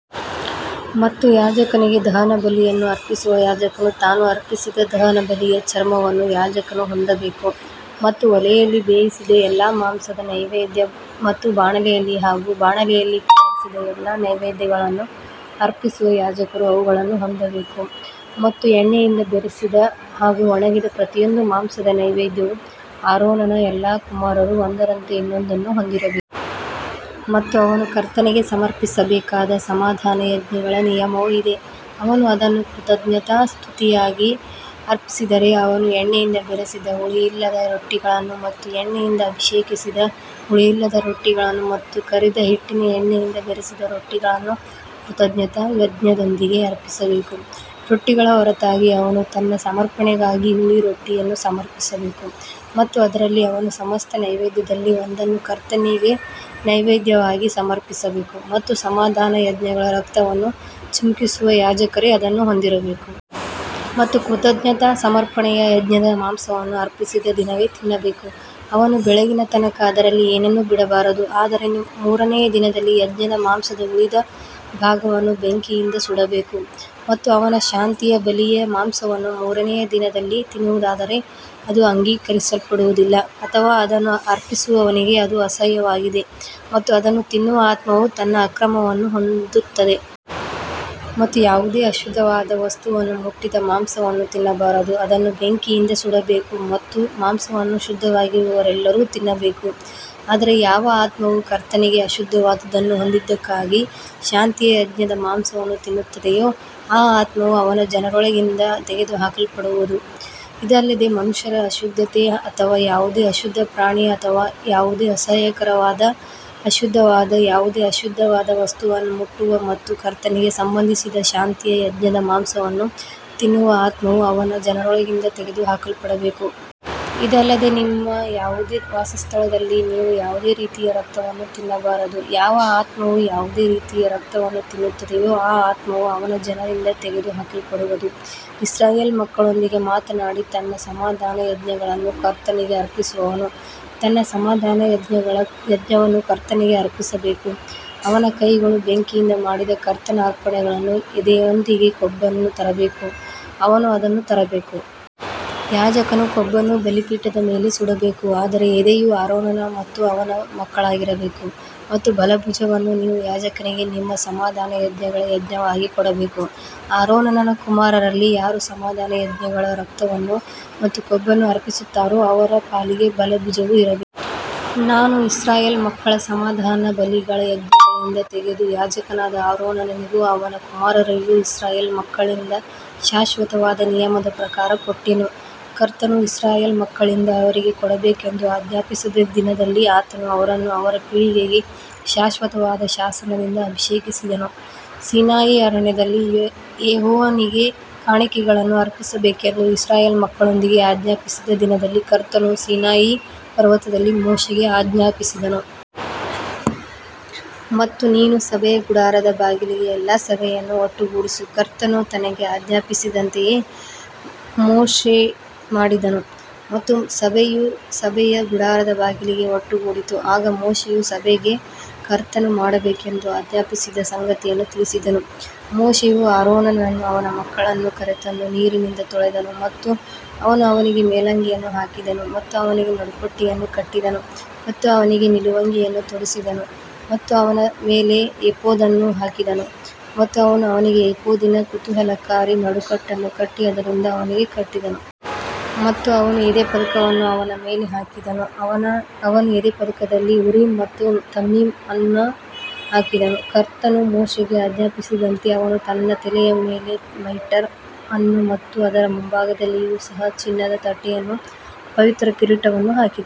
ಮತ್ತು ಯಾಜಕನಿಗೆ ದಹನಬಲಿಯನ್ನು ಅರ್ಪಿಸುವ ಯಾಜಕನು ತಾನು ಅರ್ಪಿಸಿದ ದಹನಬಲಿಯ ಚರ್ಮವನ್ನು ಯಾಜಕನು ಹೊಂದಬೇಕು. ಮತ್ತು ಒಲೆಯಲ್ಲಿ ಬೇಯಿಸಿದ ಎಲ್ಲಾ ಮಾಂಸದ ನೈವೇದ್ಯ ಮತ್ತು ಬಾಣಲೆಯಲ್ಲಿ ಹಾಗೂ ಬಾಣಲೆಯಲ್ಲಿ ತಯಾರಿಸಿದ ಎಲ್ಲಾ ನೈವೇದ್ಯಗಳನ್ನು ಅರ್ಪಿಸುವ ಯಾಜಕರು ಅವುಗಳನ್ನು ಹೊಂದಬೇಕು. ಮತ್ತು ಎಣ್ಣೆಯಿಂದ ಬೆರೆಸಿದ ಹಾಗೂ ಒಣಗಿದ ಪ್ರತಿಯೊಂದು ಮಾಂಸದ ನೈವೇದ್ಯವು ಆರೋನನ ಎಲ್ಲಾ ಕುಮಾರರು ಒಂದರಂತೆ ಇನ್ನೊಂದನ್ನು ಹೊಂದಿರಬೇಕು. ಮತ್ತು ಅವನು ಕರ್ತನಿಗೆ ಸಮರ್ಪಿಸಬೇಕಾದ ಸಮಾಧಾನಯಜ್ಞಗಳ ನಿಯಮವು ಇದೇ. ಅವನು ಅದನ್ನು ಕೃತಜ್ಞತಾಸ್ತುತಿಗಾಗಿ ಅರ್ಪಿಸಿದರೆ ಅವನು ಎಣ್ಣೆಯಿಂದ ಬೆರೆಸಿದ ಹುಳಿಯಿಲ್ಲದ ರೊಟ್ಟಿಗಳನ್ನು ಮತ್ತು ಎಣ್ಣೆಯಿಂದ ಅಭಿಷೇಕಿಸಿದ ಹುಳಿಯಿಲ್ಲದ ರೊಟ್ಟಿಗಳನ್ನು ಮತ್ತು ಕರಿದ ಹಿಟ್ಟಿನ ಎಣ್ಣೆಯಿಂದ ಬೆರೆಸಿದ ರೊಟ್ಟಿಗಳನ್ನು ಕೃತಜ್ಞತಾ ಯಜ್ಞದೊಂದಿಗೆ ಅರ್ಪಿಸಬೇಕು. ರೊಟ್ಟಿಗಳ ಹೊರತಾಗಿ ಅವನು ತನ್ನ ಸಮರ್ಪಣೆಗಾಗಿ ಹುಳಿ ರೊಟ್ಟಿಯನ್ನು ಸಮರ್ಪಿಸಬೇಕು ಮತ್ತು ಅದರಲ್ಲಿ ಅವನು ಸಮಸ್ತ ನೈವೇದ್ಯದಲ್ಲಿ ಒಂದನ್ನು ಕರ್ತನಿಗೆ ನೈವೇದ್ಯವಾಗಿ ಸಮರ್ಪಿಸಬೇಕು ಮತ್ತು ಸಮಾಧಾನಯಜ್ಞಗಳ ರಕ್ತವನ್ನು ಚಿಮುಕಿಸುವ ಯಾಜಕರೇ ಅದನ್ನು ಹೊಂದಿರಬೇಕು. ಮತ್ತು ಕೃತಜ್ಞತಾ ಸಮರ್ಪಣೆಯ ಯಜ್ಞದ ಮಾಂಸವನ್ನು ಅರ್ಪಿಸಿದ ದಿನವೇ ತಿನ್ನಬೇಕು ಅವನು ಬೆಳಗಿನ ತನಕ ಅದರಲ್ಲಿ ಏನನ್ನೂ ಬಿಡಬಾರದು. ಆದರೆ ಮೂರನೆಯ ದಿನದಲ್ಲಿ ಯಜ್ಞದ ಮಾಂಸದ ಉಳಿದ ಭಾಗವನ್ನು ಬೆಂಕಿಯಿಂದ ಸುಡಬೇಕು. ಮತ್ತು ಅವನ ಶಾಂತಿಯ ಬಲಿಯ ಮಾಂಸವನ್ನು ಮೂರನೆಯ ದಿನದಲ್ಲಿ ತಿನ್ನುವುದಾದರೆ ಅದು ಅಂಗೀಕರಿಸಲ್ಪಡುವುದಿಲ್ಲ ಅಥವಾ ಅದನ್ನು ಅರ್ಪಿಸುವವನಿಗೆ ಅದು ಅಸಹ್ಯವಾಗಿದೆ ಮತ್ತು ಅದನ್ನು ತಿನ್ನುವ ಆತ್ಮವು ತನ್ನ ಅಕ್ರಮವನ್ನು ಹೊಂದುತ್ತದೆ. ಮತ್ತು ಯಾವುದೇ ಅಶುದ್ಧವಾದ ವಸ್ತುವನ್ನು ಮುಟ್ಟಿದ ಮಾಂಸವನ್ನು ತಿನ್ನಬಾರದು ಅದನ್ನು ಬೆಂಕಿಯಿಂದ ಸುಡಬೇಕು ಮತ್ತು ಮಾಂಸವನ್ನು ಶುದ್ಧವಾಗಿರುವವರೆಲ್ಲರೂ ತಿನ್ನಬೇಕು. ಆದರೆ ಯಾವ ಆತ್ಮವು ಕರ್ತನಿಗೆ ಅಶುದ್ಧವಾದದ್ದನ್ನು ಹೊಂದಿದ್ದಕ್ಕಾಗಿ ಶಾಂತಿಯ ಯಜ್ಞದ ಮಾಂಸವನ್ನು ತಿನ್ನುತ್ತದೆಯೋ ಆ ಆತ್ಮವು ಅವನ ಜನರೊಳಗಿಂದ ತೆಗೆದುಹಾಕಲ್ಪಡುವದು. ಇದಲ್ಲದೆ ಮನುಷ್ಯರ ಅಶುದ್ಧತೆ ಅಥವಾ ಯಾವುದೇ ಅಶುದ್ಧ ಪ್ರಾಣಿ ಅಥವಾ ಯಾವುದೇ ಅಸಹ್ಯಕರವಾದ ಅಶುದ್ಧವಾದ ಯಾವುದೇ ಅಶುದ್ಧವಾದ ವಸ್ತುವನ್ನು ಮುಟ್ಟುವ ಮತ್ತು ಕರ್ತನಿಗೆ ಸಂಬಂಧಿಸಿದ ಶಾಂತಿಯ ಯಜ್ಞದ ಮಾಂಸವನ್ನು ತಿನ್ನುವ ಆತ್ಮವು ಅವನ ಜನರೊಳಗಿಂದ ತೆಗೆದುಹಾಕಲ್ಪಡಬೇಕು. ಇದಲ್ಲದೆ ನಿಮ್ಮ ಯಾವುದೇ ವಾಸಸ್ಥಳದಲ್ಲಿ ನೀವು ಯಾವುದೇ ರೀತಿಯ ರಕ್ತವನ್ನು ತಿನ್ನಬಾರದು. ಯಾವ ಆತ್ಮವು ಯಾವುದೇ ರೀತಿಯ ರಕ್ತವನ್ನು ತಿನ್ನುತ್ತದೆಯೋ ಆ ಆತ್ಮವು ಅವನ ಜನರಿಂದ ತೆಗೆದುಹಾಕಲ್ಪಡುವದು. ಇಸ್ರಾಯೇಲ್ ಮಕ್ಕಳೊಂದಿಗೆ ಮಾತನಾಡಿ ತನ್ನ ಸಮಾಧಾನಯಜ್ಞಗಳನ್ನು ಕರ್ತನಿಗೆ ಅರ್ಪಿಸುವವನು ತನ್ನ ಸಮಾಧಾನಯಜ್ಞಗಳ ಯಜ್ಞವನ್ನು ಕರ್ತನಿಗೆ ಅರ್ಪಿಸಬೇಕು. ಅವನ ಕೈಗಳು ಬೆಂಕಿಯಿಂದ ಮಾಡಿದ ಕರ್ತನ ಅರ್ಪಣೆಗಳನ್ನು ಎದೆಯೊಂದಿಗೆ ಕೊಬ್ಬನ್ನು ತರಬೇಕು ಅವನು ಅದನ್ನು ತರಬೇಕು. ಯಾಜಕನು ಕೊಬ್ಬನ್ನು ಬಲಿಪೀಠದ ಮೇಲೆ ಸುಡಬೇಕು ಆದರೆ ಎದೆಯು ಆರೋನನ ಮತ್ತು ಅವನ ಮಕ್ಕಳಾಗಿರಬೇಕು. ಮತ್ತು ಬಲ ಭುಜವನ್ನು ನೀವು ಯಾಜಕನಿಗೆ ನಿಮ್ಮ ಸಮಾಧಾನಯಜ್ಞಗಳ ಯಜ್ಞವಾಗಿ ಕೊಡಬೇಕು. ಆರೋನನ ಕುಮಾರರಲ್ಲಿ ಯಾರು ಸಮಾಧಾನಯಜ್ಞಗಳ ರಕ್ತವನ್ನು ಮತ್ತು ಕೊಬ್ಬನ್ನು ಅರ್ಪಿಸುತ್ತಾರೋ ಅವರ ಪಾಲಿಗೆ ಬಲ ಭುಜವು ಇರಬೇಕು. ನಾನು ಇಸ್ರಾಯೇಲ್ ಮಕ್ಕಳ ಸಮಾಧಾನದ ಬಲಿಗಳ ಯಜ್ಞಗಳಿಂದ ತೆಗೆದು ಯಾಜಕನಾದ ಆರೋನನಿಗೂ ಅವನ ಕುಮಾರರಿಗೂ ಇಸ್ರಾಯೇಲ್ ಮಕ್ಕಳಿಂದ ಶಾಶ್ವತವಾದ ನಿಯಮದ ಪ್ರಕಾರ ಕೊಟ್ಟೆನು. ಕರ್ತನು ಇಸ್ರಾಯೇಲ್ ಮಕ್ಕಳಿಂದ ಅವರಿಗೆ ಕೊಡಬೇಕೆಂದು ಆಜ್ಞಾಪಿಸಿದ ದಿನದಲ್ಲಿ ಆತನು ಅವರನ್ನು ಅವರ ಪೀಳಿಗೆಗೆ ಶಾಶ್ವತವಾದ ಶಾಸನದಿಂದ ಅಭಿಷೇಕಿಸಿದನು. ಸೀನಾಯಿ ಅರಣ್ಯದಲ್ಲಿ ಯೆಹೋವನಿಗೆ ಕಾಣಿಕೆಗಳನ್ನು ಅರ್ಪಿಸಬೇಕೆಂದು ಇಸ್ರಾಯೇಲ್ ಮಕ್ಕಳಿಗೆ ಆಜ್ಞಾಪಿಸಿದ ದಿನದಲ್ಲಿ ಕರ್ತನು ಸೀನಾಯಿ ಪರ್ವತದಲ್ಲಿ ಮೋಶೆಗೆ ಆಜ್ಞಾಪಿಸಿದನು. ಮತ್ತು ನೀನು ಸಭೆಯ ಗುಡಾರದ ಬಾಗಿಲಿಗೆ ಎಲ್ಲಾ ಸಭೆಯನ್ನು ಒಟ್ಟುಗೂಡಿಸು. ಕರ್ತನು ತನಗೆ ಆಜ್ಞಾಪಿಸಿದಂತೆಯೇ ಮೋಶೆ ಮಾಡಿದನು ಮತ್ತು ಸಭೆಯು ಸಭೆಯ ಗುಡಾರದ ಬಾಗಿಲಿಗೆ ಒಟ್ಟುಗೂಡಿತು. ಆಗ ಮೋಶೆಯು ಸಭೆಗೆ ಕರ್ತನು ಮಾಡಬೇಕೆಂದು ಆಜ್ಞಾಪಿಸಿದ ಸಂಗತಿಯನ್ನು ತಿಳಿಸಿದನು. ಮೋಶೆಯು ಆರೋನನನ್ನೂ ಅವನ ಮಕ್ಕಳನ್ನೂ ಕರೆತಂದು ನೀರಿನಿಂದ ತೊಳೆದನು ಮತ್ತು ಅವನು ಅವನಿಗೆ ಮೇಲಂಗಿಯನ್ನು ಹಾಕಿದನು ಮತ್ತು ಅವನಿಗೆ ನಡುಪಟ್ಟಿಯನ್ನು ಕಟ್ಟಿದನು ಮತ್ತು ಅವನಿಗೆ ನಿಲುವಂಗಿಯನ್ನು ತೊಡಿಸಿದನು ಮತ್ತು ಅವನ ಮೇಲೆ ಏಫೋದನ್ನು ಹಾಕಿದನು ಮತ್ತು ಅವನು ಅವನಿಗೆ ಏಫೋದಿನ ಕುತೂಹಲಕಾರಿ ನಡುಕಟ್ಟನ್ನು ಕಟ್ಟಿ ಅದರಿಂದ ಅವನಿಗೆ ಕಟ್ಟಿದನು. ಮತ್ತು ಅವನು ಎದೆಪದಕವನ್ನು ಅವನ ಮೇಲೆ ಹಾಕಿದನು ಅವನು ಎದೆಪದಕದಲ್ಲಿ ಉರೀಮ್ ಮತ್ತು ತುಮ್ಮೀಮ್ ಅನ್ನು ಹಾಕಿದನು. ಕರ್ತನು ಮೋಶೆಗೆ ಆಜ್ಞಾಪಿಸಿದಂತೆ ಅವನು ತನ್ನ ತಲೆಯ ಮೇಲೆ ಮೈಟರ್ ಅನ್ನು ಮತ್ತು ಅದರ ಮುಂಭಾಗದಲ್ಲಿಯೂ ಸಹ ಚಿನ್ನದ ತಟ್ಟೆಯನ್ನು ಪವಿತ್ರ ಕಿರೀಟವನ್ನು ಹಾಕಿದನು.